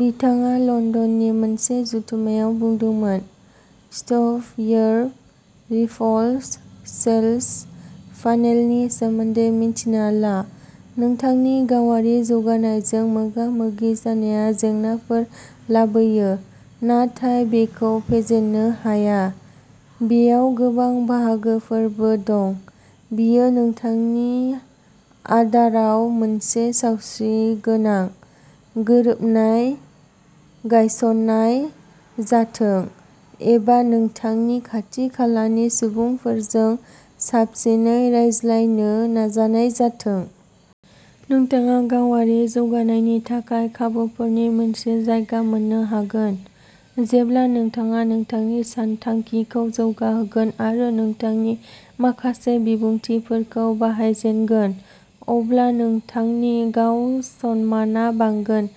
बिथाङा लन्दननि मोनसे जथुम्मायाव बुंदोंमोन। स्टफ योर रिभल्स सेल्स फानेलनि सोमोन्दै मिन्थिना ला। नोंथांनि गावारि जौगानायजों मोगा-मोगि जानाया जेंनाफोर लाबोयो, नाथाय बेखौ फेजेननो हाया। बेयाव गोबां बाहागोफोरबो दं। बेयो नोंथांनि आदाराव मोनसे सावस्रिगोनां गोरोबनाय गायसन्नाय जाथों, एबा नोंथांनि खाथि-खालानि सुबुंफोरजों साबसिनै रायज्लायनो नाजानाय जाथों। नोंथाङा गावारि जौगानायनि थाखाय खाबुफोरनि मोनसे जायगा मोन्नो हागोन। जेब्ला नोंथाङा नोंथांनि सानथांखिखौ जौगाहोगोन आरो नोंथांनि माखासे बिबुंथिफोरखौ बाहायजेनगोन, अब्ला नोंथांनि गाव-सनमानआ बांगोन,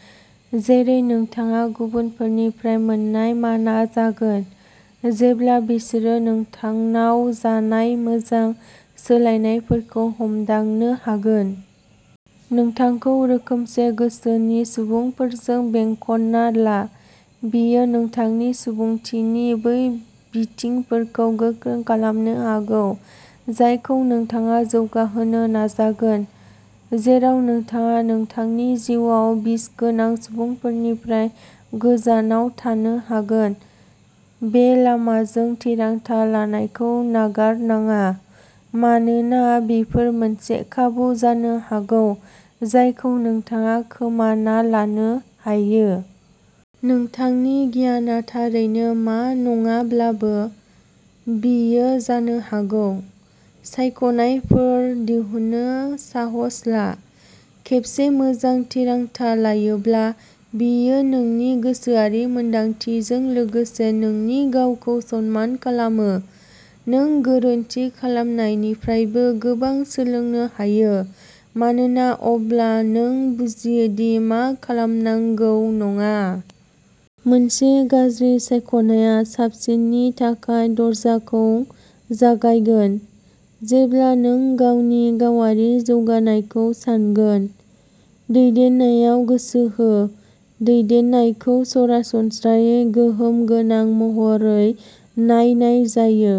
जेरै नोंथाङा गुबुनफोरनिफ्राय मोन्नाय मानआ जागोन, जेब्ला बिसोरो नोंथांनाव जानाय मोजां सोलायनायफोरखौ हमदांनो हागोन। नोंथांखौ रोखोमसे गोसोनि सुबुंफोरजों बेंखनना ला। बेयो नोंथांनि सुबुंथिनि बै बिथिंफोरखौ गोख्रों खालामनो हागौ जायखौ नोंथाङा जौगाहोनो नाजागोन, जेराव नोंथाङा नोंथांनि जिउआव बिसगोनां सुबुंफोरनिफ्राय गोजानाव थानो हागोन। बे लामाजों थिरांथा लानायखौ नागारनाङा, मानोना बेफोर मोनसे खाबु जानो हागौ जायखौ नोंथाङा खोमाना लानो हायो। नोंथांनि गियानआ थारैनो मा नङाब्लाबो। बेयो जानो हागौ, सायख'नायफोर दिहुननो साहस ला। खेबसे मोजां थिरांथा लायोब्ला, बेयो नोंनि गोसोआरि मोनदांथिजों लोगोसे नोंनि गावखौ सनमान खालामो। नों गोरोन्थि खालामनायनिफ्रायबो गोबां सोलोंनो हायो मानोना अब्ला नों बुजियो दि मा खालामनांगौ नङा। मोनसे गाज्रि सायख'नाया साबसिननि थाखाय दरजाखौ जागायगोन। जेब्ला नों गावनि गावारि जौगानायखौ सानगोन, दैदेननायाव गोसो हो। दैदेननायखौ सरासनस्रायै गोहोम गोनां महरै नायनाय जायो।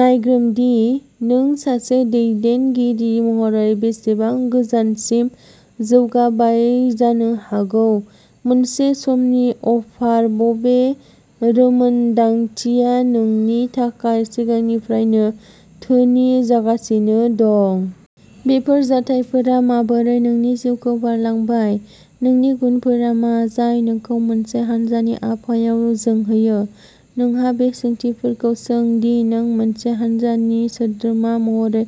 नायग्रोम दि नों सासे दैदेनगिरि महरै बेसेबां गोजानसिम जौगाबाय जानो हागौ मोनसे समनि अफार बबे रोंमोनदांथिया नोंनि थाखाय सिगांनिफ्रायनो धोनि जागासिनो दं? बेफोर जाथायफोरा माबोरै नोंनि जिउखौ बारलांबाय? नोंनि गुनफोरा मा जाय नोंखौ मोनसे हानजानि आबहावायाव जोंहोयो? नोंहा बे सोंथिफोरखौ सों दि नों मोनसे हानजानि सोद्रोमा महरै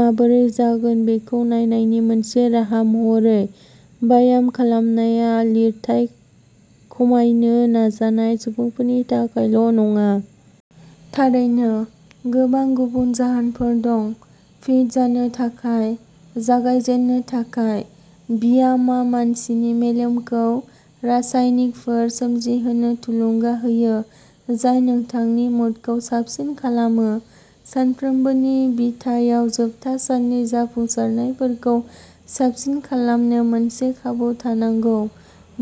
माबोरै जागोन बेखौ नायनायनि मोनसे राहा महरै। ब्याम खालामनाया लिरथाय खमायनो नाजानाय सुबुंफोरनि थाखायल' नङा। थारैनो, गोबां गुबुन जाहोनफोर दं। फिट जानो थाखाय। जागायजेननो थाखाय, ब्यामआ मानसिनि मेलेमखौ रासायनिकफोर सोमजिहोनो थुलुंगा होयो जाय नोंथांनि मुडखौ साबसिन खालामो। सानफ्रोमबोनि बिथायाव जोबथा साननि जाफुंसारनायफोरखौ साबसिन खालामनो मोनसे खाबु थानांगौ।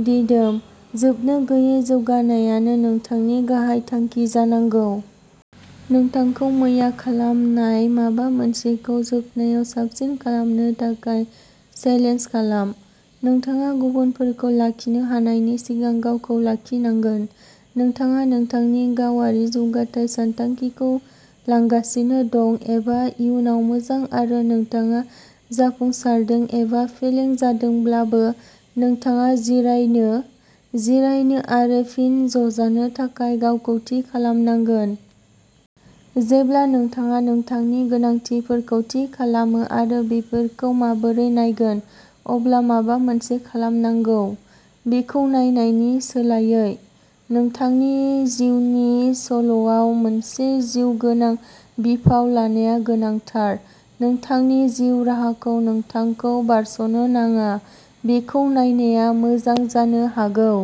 दिदोम, जोबनो गैयै जौगानायानो नोंथांनि गाहाय थांखि जानांगौ। नोंथांखौ मैया खालामनाय माबा मोनसेखौ जोबनायाव साबसिन खालामनो थाखाय चेलेन्ज खालाम। नोंथाङा गुबुनफोरखौ लाखिनो हानायनि सिगां गावखौ लाखिनांगोन। नोंथाङा नोंथांनि गावारि जौगाथाय सानथांखिखौ लांगासिनो दं एबा इयुनाव मोजां आरो नोंथाङा जाफुंसारदों एबा फेलें जादोंब्लाबो, नोंथाङा जिरायनो, जिरायनो आरो फिन ज'जानो थाखाय गावखौ थि खालामनांगोन। जेब्ला नोंथाङा नोंथांनि गोनांथिफोरखौ थि खालामो आरो बेफोरखौ माबोरै नायगोन, अब्ला माबा मोनसे खालामनांगौ। बेखौ नायनायनि सोलायै, नोंथांनि जिउनि सल'आव मोनसे जिउगोनां बिफाव लानाया गोनांथार। नोंथांनि जिउ राहाखौ नोंथांखौ बारस'नो नाङा, बेखौ नायनाया मोजां जानो हागौ।